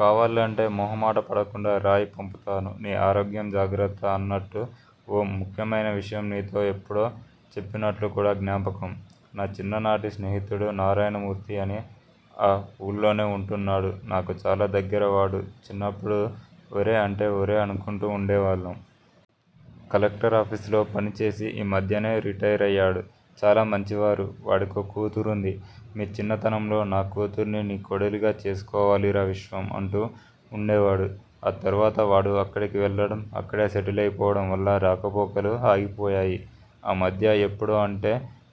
కావాలంటే మొహామాట పడకుండా రాయి పంపుతాను. నీ ఆరోగ్యం జాగ్రత్త. అన్నట్లు ఓ ముఖ్యమైన విషయం. నీతో ఎప్పుడో చెప్పినట్లు కూడా జ్ఞాపకం. నా చిన్న నాటి స్నేహితుడు నారాయణమూర్తి అని ఆ ఊళ్లోనే ఉంటున్నాడు. నాకు చాలా దగ్గర వాడు. చిన్నప్పుడు ఒరే అంటే ఒరే అనుకుంటూ ఉండేవాళ్ళం. కలెక్టరాఫీసులో పనిచేసి ఈ మధ్యనే రిటైర్ అయ్యాడు. చాలా మంచివారు, వాడికో కూతురింది. మీ చిన్నతనంలో నా కూతుర్ని నీ కోడలిగా చేసుకోవాలిరా విశ్వం! అంటూ ఉండేవాడు. ఆ తరువాత వాడు అక్కడికి వెళ్ళడం, అక్కడే సెటిల్ అయిపోవడం వల్ల రాకపోకలు ఆగిపోయాయి. ఆ మధ్య ఎప్పుడో అంటే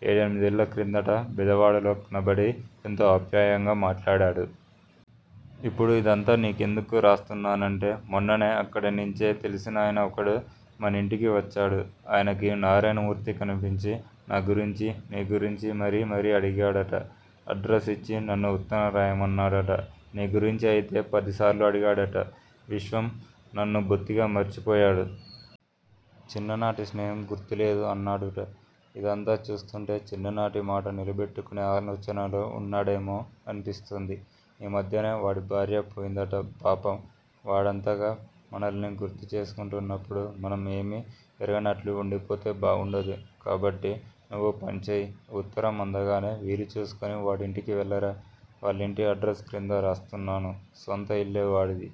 ఏడెనిమిదేళ్ళ క్రిందట బెజవాడలో కనబడి ఎంతో ఆప్యాయంగా మాట్లాడాడు. ఇప్పుడు ఇదంతా నీ కెందుకు రాస్తున్నానంటే మొన్ననే అక్కడినించే తెలిసినాయన ఒకడు మనింటికి వచ్చాడు. ఆయనకీ నారాయణమూర్తి కనిపించి నా గురించి నీ గురించీ మరీ మరీ అడిగాడట. అడ్రస్ ఇచ్చి నన్ను ఉత్తరం రాయమన్నాడట, నీ గురించి అయితే పదిసార్లు అడిగాడుట, విశ్వం నన్ను బొత్తిగా మర్చేపోయాడు. చిన్న నాటి స్నేహం గుర్తే లేదు అన్నాడుట. ఇదంతా చూస్తుంటే చిన్ననాటి మాట నిలబెట్టుకునే ఆలోచనలో ఉన్నాడేమో అనిపిస్తుంది. ఈ మధ్యనే వాడి భార్య పోయిందట పాపం వాడంతగా మనలని గుర్తు చేసుకుంటున్నప్పుడు మనం ఏమీ ఎరగనట్లు ఉండిపోతే బాగుండదు. కాబట్టి నువ్వో పనిచెయ్. ఈ ఉత్తరం అందగానే వీలు చూసుకుని వాడింటికి వెళ్ళిరా, వాళ్ళింటి అడ్రస్ క్రింద రాస్తున్నాను స్వంత ఇల్లే వాడిది.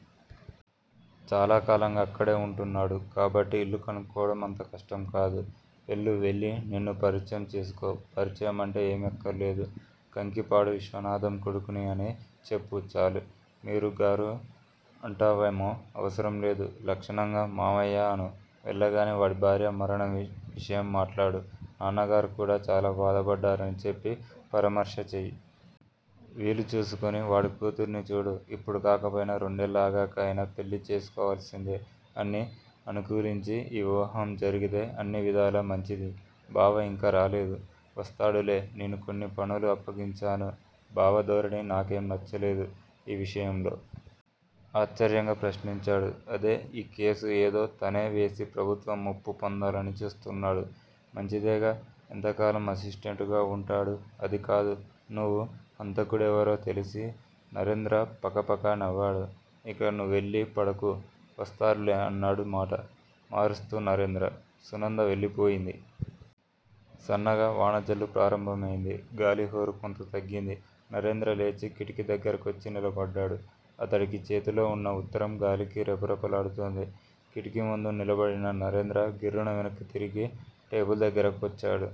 చాలాకాలంగా అక్కడే ఉంటున్నాడు కాబట్టి ఇల్లు కనుక్కోవడం అంత కష్టం కాదు. వెళ్ళు వెళ్ళి నిన్ను పరిచయం చేసుకో. పరిచయం అంటే ఏమీ అక్కర్లేదు. కంకిపాడు విశ్వనాధం కొడుకుని అని చెప్పు చాలు. మీరు, గారు అంటావేమో అవసరం లేదు. లక్షణంగా మావయ్యా అను. వెళ్ళగానే వాడి భార్య మరణం విషయం మాట్లాడు నాన్నగారు కూడా చాలా బాధపడ్డారు అని చెప్పి పరామర్శ చెయ్యి. వీలు చూసుకుని వాడి కూతురిని చూడు, ఇప్పుడు కాకపోయినా రెండేళ్ళు ఆగాక అయినా పెళ్ళి చేసుకోవలసిందే. అన్నీ అనుకూలించి ఈ వివాహం జరిగితే అన్ని విధాలా మంచిది. బావ ఇంకా రాలేదు. వస్తాడులే. నేను కొన్ని పనులు అప్పగించాను. బావ ధోరణి నాకేం నచ్చలేదు. ఏ విషయంలో? ఆశ్చర్యంగా ప్రశ్నించాడు. అదే ఈ కేసు ఏదో తనే వేసి ప్రభుత్వం మెప్పు పొందాలని చూస్తున్నాడు. మంచిదేగా? ఎంతకాలం అసిస్టెంటుగా ఉంటాడు? అది కాదు. నువ్వు హంతకుడెవరో తెలిసీ నరేంద్ర పకపక నవ్వాడు. ఇక నువ్వెళ్ళి పడుకో, వస్తారులే అన్నాడు మాట మారుస్తూ నరేంద్ర. సునంద వెళ్ళిపోయింది. సన్నగా వానజల్లు ప్రారంభం అయింది. గాలి హొరు కొంత తగ్గింది. నరేంద్ర లేచి కిటికీ దగ్గర కొచ్చి నిలబడ్డాడు. అతడి చేతిలో ఉన్న ఉత్తరం గాలికి రెపరెపలాడుతోంది. కిటికీ ముందు నిలబడిన నరేంద్ర గిర్రున వెనక్కు తిరిగి టేబుల్ దగ్గర కొచ్చాడు.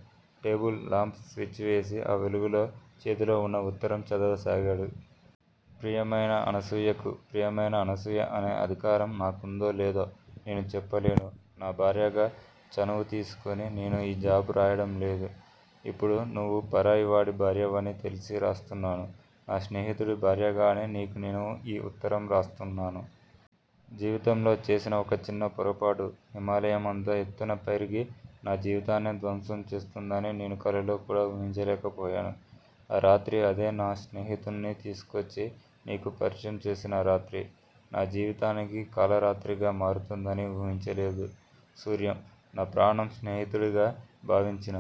టేబుల్ లాంప్ స్విచ్ వేసి ఆ వెలుగులో చేతిలో ఉన్న ఉత్తరం చదవసాగాడు. ప్రియమైన అనసూయకు. ప్రియమైన అనసూయ అనే అధికారం నాకుందో లేదో నేను చెప్పలేను. నా భార్యగా చనువు తీసుకొని నేను ఈ జాబు రాయడం లేదు. ఇప్పుడు నువ్వు పరాయి వాడి భార్యవని తెలిసే రాస్తున్నాను. నా స్నేహితుడి భార్యగానే నీకు నేను ఈ ఉత్తరం రాస్తున్నాను. జీవితంలో చేసిన ఒక చిన్న పొరపాటు, హిమాలయమంత ఎత్తున పెరిగి నా జీవితాన్నే ధ్వంసం చేస్తుందని నేను కలలో కూడా ఉహించలేక పోయాను. ఆ రాత్రి అదే నా స్నేహితుడ్ని తీసుకోచ్చి నీకు పరిచయం చేసిన రాత్రి, నా జీవితానికి కళరాత్రిగా మారుతుందని ఉహించలేదు. సూర్యం, నా ప్రాణం స్నేహితుడిగా భావించిన